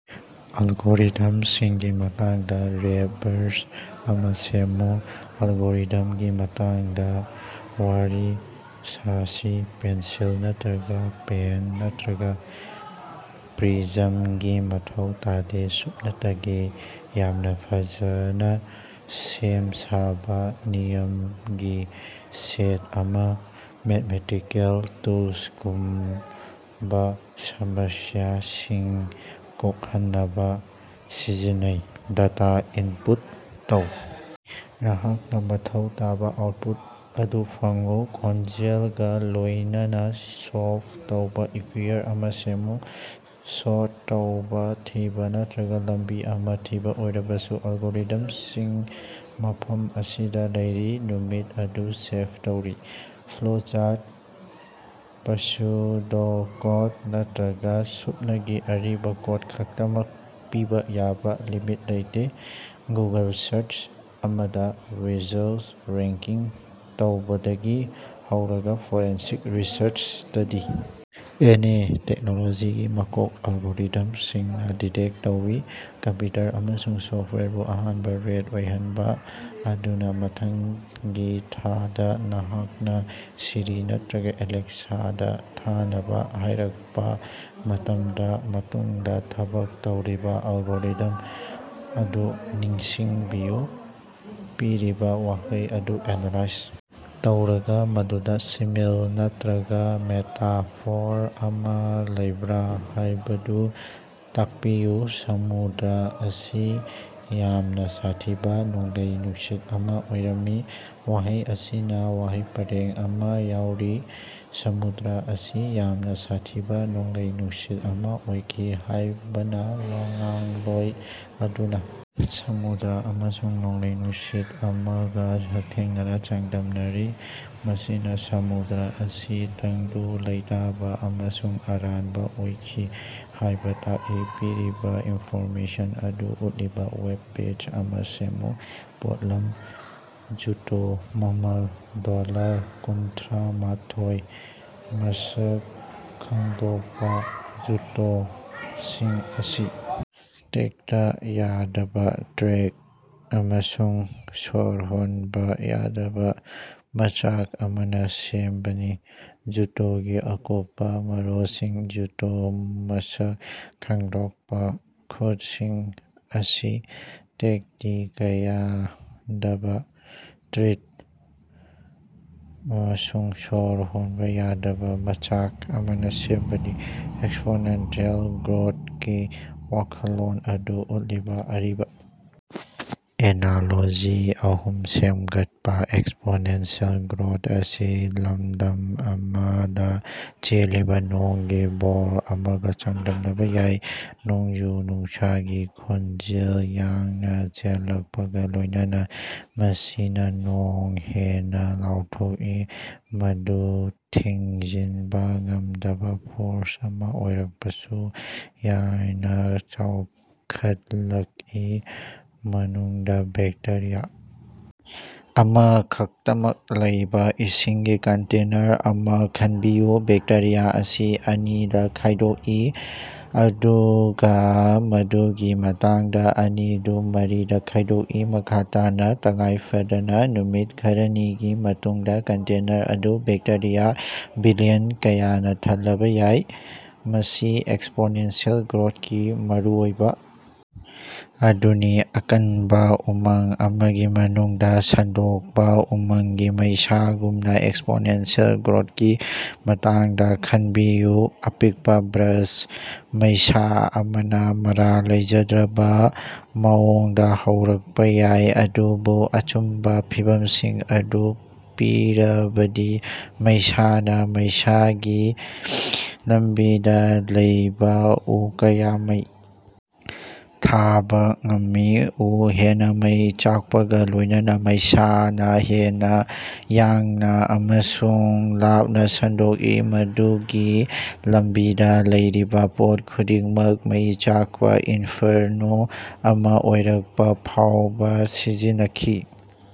ꯑꯜꯒꯣꯔꯤꯊꯝꯁꯤꯡꯒꯤ ꯃꯇꯥꯡꯗꯥ ꯔꯦꯞ ꯕꯔꯁ ꯑꯃꯥ ꯁꯦꯝꯃꯨ꯫ ꯑꯜꯒꯣꯔꯤꯊꯝꯒꯤ ꯃꯇꯥꯡꯗꯥ ꯋꯥꯔꯤ ꯁꯥꯁꯤ, ꯄꯦꯟꯁꯤꯜ ꯅꯇ꯭ꯔꯒꯥ ꯄꯦꯟ ꯅꯠꯇ꯭ꯔꯒꯥ ꯄ꯭ꯔꯤꯖꯝꯒꯤ ꯃꯊꯧ ꯇꯥꯗꯦ ꯁꯨꯞꯅꯇꯒꯤ ꯌꯥꯝꯅꯥ ꯐꯖꯅꯥ ꯁꯦꯝ ꯁꯥꯕꯥ ꯅꯤꯌꯝꯒꯤ ꯁꯦꯠ ꯑꯃꯥ, ꯃꯦꯊꯃꯦꯊꯤꯀꯦꯜ ꯇꯨꯜꯁꯤꯡꯒꯨꯝꯕꯥ ꯁꯃꯁ꯭ꯌꯥꯁꯤꯡ ꯀꯣꯛꯍꯟꯅꯕꯥ ꯁꯤꯖꯤꯟꯅꯩ꯫ ꯗꯦꯇꯥ ꯏꯟꯄꯨꯠ ꯇꯧ, ꯅꯍꯥꯛꯅꯥ ꯃꯊꯧ ꯇꯥꯕꯥ ꯑꯥꯎꯠꯄꯨꯠ ꯑꯗꯨ ꯐꯪꯎ, ꯈꯣꯡꯖꯦꯜꯒꯥ ꯂꯣꯢꯅꯅꯥ ꯁꯣꯜꯕ ꯇꯧꯕꯥ ꯏꯛꯌꯨꯏꯌꯔ ꯑꯃꯥ ꯁꯦꯝꯃꯨ, ꯁꯣꯔꯠ ꯇꯧꯕꯥ ꯊꯤꯕꯥ ꯅꯠꯇ꯭ꯔꯒꯥ ꯂꯝꯕꯤ ꯑꯃꯥ ꯊꯤꯕꯥ ꯑꯣꯏꯔꯕꯁꯨ, ꯑꯜꯒꯣꯔꯤꯊꯝꯁꯤꯡ ꯃꯐꯝ ꯑꯁꯤꯗꯥ ꯂꯩꯔꯤ ꯅꯨꯃꯤꯠ ꯑꯗꯨ ꯁꯦꯚ ꯇꯧꯔꯤ꯫ ꯐ꯭ꯂꯣꯆꯥꯔꯠ, ꯄ꯭ꯁꯨꯗꯣꯀꯣꯗ ꯅꯠꯇ꯭ꯔꯒꯥ ꯁꯨꯞꯅꯒꯤ ꯑꯔꯤꯕꯥ ꯀꯣꯗ ꯈꯛꯇꯃꯛ ꯄꯤꯕꯥ ꯌꯥꯕꯥ ꯂꯤꯃꯤꯠ ꯂꯩꯇꯦ ꯒꯨꯒꯜ ꯁꯥꯔꯆ ꯑꯃꯗꯥ ꯔꯤꯖꯜꯇꯁꯤꯡ ꯔꯦꯡꯀꯤꯡ ꯇꯧꯕꯗꯒꯤ ꯍꯧꯔꯒꯥ ꯐꯣꯔꯦꯟꯁꯤꯛ ꯔꯤꯁꯔꯆꯇꯥ ꯗꯤ. ꯑꯦꯟ. ꯑꯦ. ꯇꯦꯛꯅꯣꯂꯣꯖꯤꯒꯤ ꯃꯀꯣꯛ ꯑꯜꯒꯣꯔꯤꯊꯝꯁꯤꯡꯅꯥ ꯗꯤꯛꯇꯦꯠ ꯇꯧꯏ, ꯀꯝꯄ꯭ꯌꯨꯇꯔ ꯑꯃꯁꯨꯡ ꯁꯣꯐꯋꯦꯌꯔꯕꯨ ꯑꯍꯥꯟꯕꯥ ꯔꯦꯠ ꯑꯣꯏꯍꯟꯕꯥ꯫ ꯑꯗꯨꯅꯥ ꯃꯊꯪꯒꯤ ꯊꯥꯗꯥ ꯅꯍꯥꯛꯅꯥ ꯁꯤꯔꯤ ꯅꯠꯇ꯭ꯔꯒꯥ ꯑꯦꯂꯦꯛꯁꯥꯗꯥ ꯊꯤꯅꯕꯥ ꯍꯥꯢꯔꯀꯄꯥ ꯃꯇꯝꯗꯥ ꯃꯇꯨꯡꯗꯥ ꯊꯕꯛ ꯇꯧꯔꯤꯕꯥ ꯑꯜꯒꯣꯔꯤꯊꯝꯁꯤꯡ ꯑꯗꯨ ꯅꯤꯡꯁꯤꯡꯕꯤꯌꯨ꯫ ꯄꯤꯔꯤꯕꯥ ꯋꯥꯍꯩ ꯑꯗꯨ ꯑꯦꯅꯥꯂꯥꯏꯖ ꯇꯧꯔꯒꯥ ꯃꯗꯨꯗꯥ ꯁꯤꯃꯤꯜ ꯅꯠꯇ꯭ꯔꯒꯥ ꯃꯦꯇꯥꯐꯣꯔ ꯑꯃꯥ ꯂꯩꯕ꯭ꯔꯥ ꯍꯥꯢꯕꯗꯨ ꯇꯥꯛꯄꯤꯌꯨ꯫ ꯁꯃꯨꯗ꯭ꯔ ꯑꯁꯤ ꯌꯥꯝꯅꯥ ꯁꯥꯊꯤꯕꯥ ꯅꯣꯡꯂꯩ ꯅꯨꯡꯁꯤꯠ ꯑꯃꯥ ꯑꯣꯏꯔꯝꯃꯤ꯫ ꯋꯥꯍꯩ ꯑꯁꯤꯅꯥ ꯋꯥꯍꯩ ꯄꯔꯦꯡ ꯑꯃꯥ ꯌꯥꯎꯔꯤ꯫ ꯁꯃꯨꯗ꯭ꯔ ꯑꯁꯤ ꯌꯥꯝꯅꯥ ꯁꯥꯊꯤꯕꯥ ꯅꯣꯡꯂꯩ-ꯅꯨꯡꯁꯤꯠ ꯑꯃꯥ ꯑꯣꯏꯈꯤ ꯍꯥꯢꯕꯅꯥ ꯋꯥꯉꯥꯡꯂꯣꯏ ꯑꯗꯨꯅꯥ ꯁꯃꯨꯗ꯭ꯔ ꯑꯃꯁꯨꯡ ꯅꯣꯡꯂꯩ-ꯅꯨꯡꯁꯤꯠ ꯑꯃꯒꯥ ꯍꯛꯊꯦꯡꯅꯅꯥ ꯆꯥꯡꯗꯝꯅꯔꯤ ꯃꯁꯤꯅꯥ ꯁꯃꯨꯗ꯭ꯔ ꯑꯁꯤ ꯇꯪꯗꯨ ꯂꯩꯇꯥꯕꯥ ꯑꯃꯁꯨꯡ ꯑꯔꯥꯟꯕꯥ ꯑꯣꯏꯈꯤ ꯍꯥꯢꯕꯥ ꯇꯥꯛꯏ꯫ ꯄꯤꯔꯤꯕꯥ ꯏꯅꯐꯣꯔꯃꯦꯁꯟ ꯑꯗꯨ ꯎꯠꯂꯤꯕꯥ ꯋꯦꯕ ꯄꯦꯖ ꯑꯃꯥ ꯁꯦꯃꯃꯨ꯫ ꯄꯣꯠꯂꯝ: ꯖꯨꯇꯣ ꯃꯃꯜ ꯗꯣꯂꯔ ꯀꯨꯟꯊꯔ꯭ꯃꯊꯣꯢ ꯃꯁꯛ ꯈꯪꯗꯣꯛꯄꯥ: ꯖꯨꯇꯣꯁꯤꯡ ꯑꯁꯤ ꯇꯦꯛꯇ ꯌꯗꯕꯥ ꯇ꯭ꯔꯦꯛ ꯑꯃꯁꯨꯡ ꯁꯣꯔ ꯍꯣꯟꯕꯥ ꯌꯗꯕ ꯃꯆꯥꯛ ꯑꯃꯅꯥ ꯁꯦꯃꯕꯅꯤ꯫ꯖꯨꯇꯣꯒꯤ ꯑꯀꯨꯞꯄꯥ ꯃꯔꯣꯜꯁꯤꯡ ꯖꯨꯇꯣ ꯃꯁꯛ ꯈꯪꯗꯣꯛꯄꯥ: ꯈꯨꯠꯁꯤꯡ ꯑꯁꯤ ꯇꯦꯛꯇ ꯀꯥꯌꯗꯕꯥ ꯇ꯭ꯔꯦꯗ ꯑꯃꯁꯨꯡ ꯁꯣꯔ ꯍꯣꯟꯕꯥ ꯌꯥꯕꯥ ꯃꯆꯥꯛ ꯑꯃꯅꯥ ꯁꯦꯝꯕꯅꯤ꯫ ꯑꯦꯛꯁꯄꯣꯟꯇꯦꯟꯁꯤꯑꯦꯜ ꯒ꯭ꯔꯣꯊꯀꯤ ꯋꯥꯈꯜꯂꯣꯟ ꯑꯗꯨ ꯎꯠꯂꯤꯕꯥ ꯑꯔꯤꯕꯥ ꯑꯦꯅꯥꯂꯣꯖꯤ ꯑꯍꯨꯝ ꯁꯦꯃꯒꯠꯄꯥ꯫ ꯑꯦꯛꯁꯄꯣꯟꯇꯦꯟꯁꯤꯑꯦꯜ ꯒ꯭ꯔꯣꯊ ꯑꯁꯤ ꯂꯃꯗꯝ ꯑꯃꯗꯥ ꯆꯦꯜꯂꯤꯕꯥ ꯅꯣꯡꯒꯤ ꯕꯣꯜ ꯑꯃꯒꯥ ꯆꯥꯡꯗꯝꯅꯕꯥ ꯌꯥꯏ꯫ ꯅꯣꯡꯖꯨ-ꯅꯨꯡꯁꯥꯒꯤ ꯈꯣꯡꯖꯦꯜ ꯌꯥꯡꯅꯥ ꯆꯦꯜꯂꯀꯄꯒꯥ ꯂꯣꯌꯅꯅꯥ ꯃꯁꯤꯅꯥ ꯅꯣꯡ ꯍꯦꯟꯅꯥ ꯂꯧꯊꯣꯀꯏ, ꯃꯗꯨ ꯊꯤꯡꯖꯤꯅꯕꯥ ꯉꯃꯗꯕꯥ ꯐꯣꯔꯁ ꯑꯃꯥ ꯑꯣꯏꯔꯀꯄꯐꯥꯎꯕꯥ ꯌꯥꯡꯅꯥ ꯆꯥꯎꯈꯠꯂꯀꯏ꯫ ꯃꯅꯨꯡꯗꯥ ꯕꯦꯛꯇꯦꯔꯤꯌꯥ ꯑꯃꯈꯛꯇꯃꯛ ꯂꯩꯕꯥ ꯏꯁꯤꯡꯒꯤ ꯀꯟꯇꯦꯅꯔ ꯑꯃꯥ ꯈꯟꯕꯤꯌꯨ꯫ ꯕꯦꯛꯇꯦꯔꯤꯌꯥ ꯑꯁꯤ ꯑꯅꯤꯗꯥ ꯈꯥꯢꯗꯣꯀꯏ, ꯑꯗꯨꯒꯥ ꯃꯗꯨꯒꯤ ꯃꯇꯨꯡꯗꯥ ꯑꯅꯤꯗꯨ ꯃꯔꯤꯗꯥ ꯈꯥꯢꯗꯣꯛꯏ, ꯃꯈꯥ ꯇꯥꯅꯥ꯫ ꯇꯉꯥꯏꯐꯗꯅꯥ ꯅꯨꯃꯤꯠ ꯈꯔꯅꯤꯒꯤ ꯃꯅꯨꯡꯗꯥ ꯀꯟꯇꯦꯅꯔ ꯑꯗꯨ ꯕꯦꯛꯇꯦꯔꯤꯌꯥ ꯕꯤꯂꯤꯌꯟ ꯀꯌꯥꯅꯥ ꯊꯜꯂꯕꯥ ꯌꯥꯏ꯫ ꯃꯁꯤ ꯑꯦꯛꯁꯄꯣꯟꯇꯦꯟꯁꯤꯑꯦꯜ ꯒ꯭ꯔꯣꯊꯀꯤ ꯃꯔꯨꯑꯣꯏꯕꯥ ꯑꯗꯨꯅꯤ꯫ ꯑꯀꯟꯕꯥ ꯎꯃꯪ ꯑꯃꯒꯤ ꯃꯅꯨꯡꯗꯥ ꯁꯟꯗꯣꯛꯄꯥ ꯎꯃꯪꯒꯤ ꯃꯩꯁꯥꯒꯨꯝꯅꯥ ꯑꯦꯛꯁꯄꯣꯟꯇꯦꯟꯁꯤꯑꯦꯜ ꯒ꯭ꯔꯣꯊꯀꯤ ꯃꯇꯥꯡꯗꯥ ꯈꯟꯕꯤꯌꯨ꯫ ꯑꯄꯤꯛꯄꯥ ꯕ꯭ꯔꯥꯁ ꯃꯩꯁꯥ ꯑꯃꯅꯥ ꯃꯔꯥꯜ ꯂꯩꯖꯗ꯭ꯔꯕꯥ ꯃꯑꯣꯡꯗꯥ ꯍꯧꯔꯛꯄꯥ ꯌꯥꯏ, ꯑꯗꯨꯕꯨ ꯑꯆꯨꯝꯕꯥ ꯐꯤꯚꯝꯁꯤꯡ ꯑꯗꯨ ꯄꯤꯔꯕꯗꯤ ꯃꯩꯁꯅ ꯃꯩꯁꯥꯒꯤ ꯂꯝꯕꯤꯗꯥ ꯂꯩꯕꯥ ꯎ ꯀꯌꯥ ꯃꯩ ꯊꯥꯕꯥ ꯉꯝꯃꯤ꯫ ꯎ ꯍꯦꯟꯅꯥ ꯃꯩ ꯆꯥꯛꯄꯒꯥ ꯂꯣꯢꯅꯅꯥ ꯃꯩꯁꯥꯅꯥ ꯍꯦꯟꯅꯥ ꯌꯥꯡꯅꯥ ꯑꯃꯁꯨꯡ ꯂꯥꯞꯅꯥ ꯁꯟꯗꯣꯛꯏ ꯃꯗꯨꯒꯤ ꯂꯝꯕꯤꯗꯥ ꯂꯩꯔꯤꯕꯥ ꯄꯣꯠ ꯈꯨꯗꯤꯡꯃꯛ ꯃꯩ ꯆꯥꯀꯄꯥ ꯏꯅꯐꯔꯅꯣ ꯑꯃꯥ ꯑꯣꯏꯔꯀꯄꯥ ꯐꯥꯎꯕꯥ ꯁꯤꯖꯤꯟꯅꯈꯤ꯫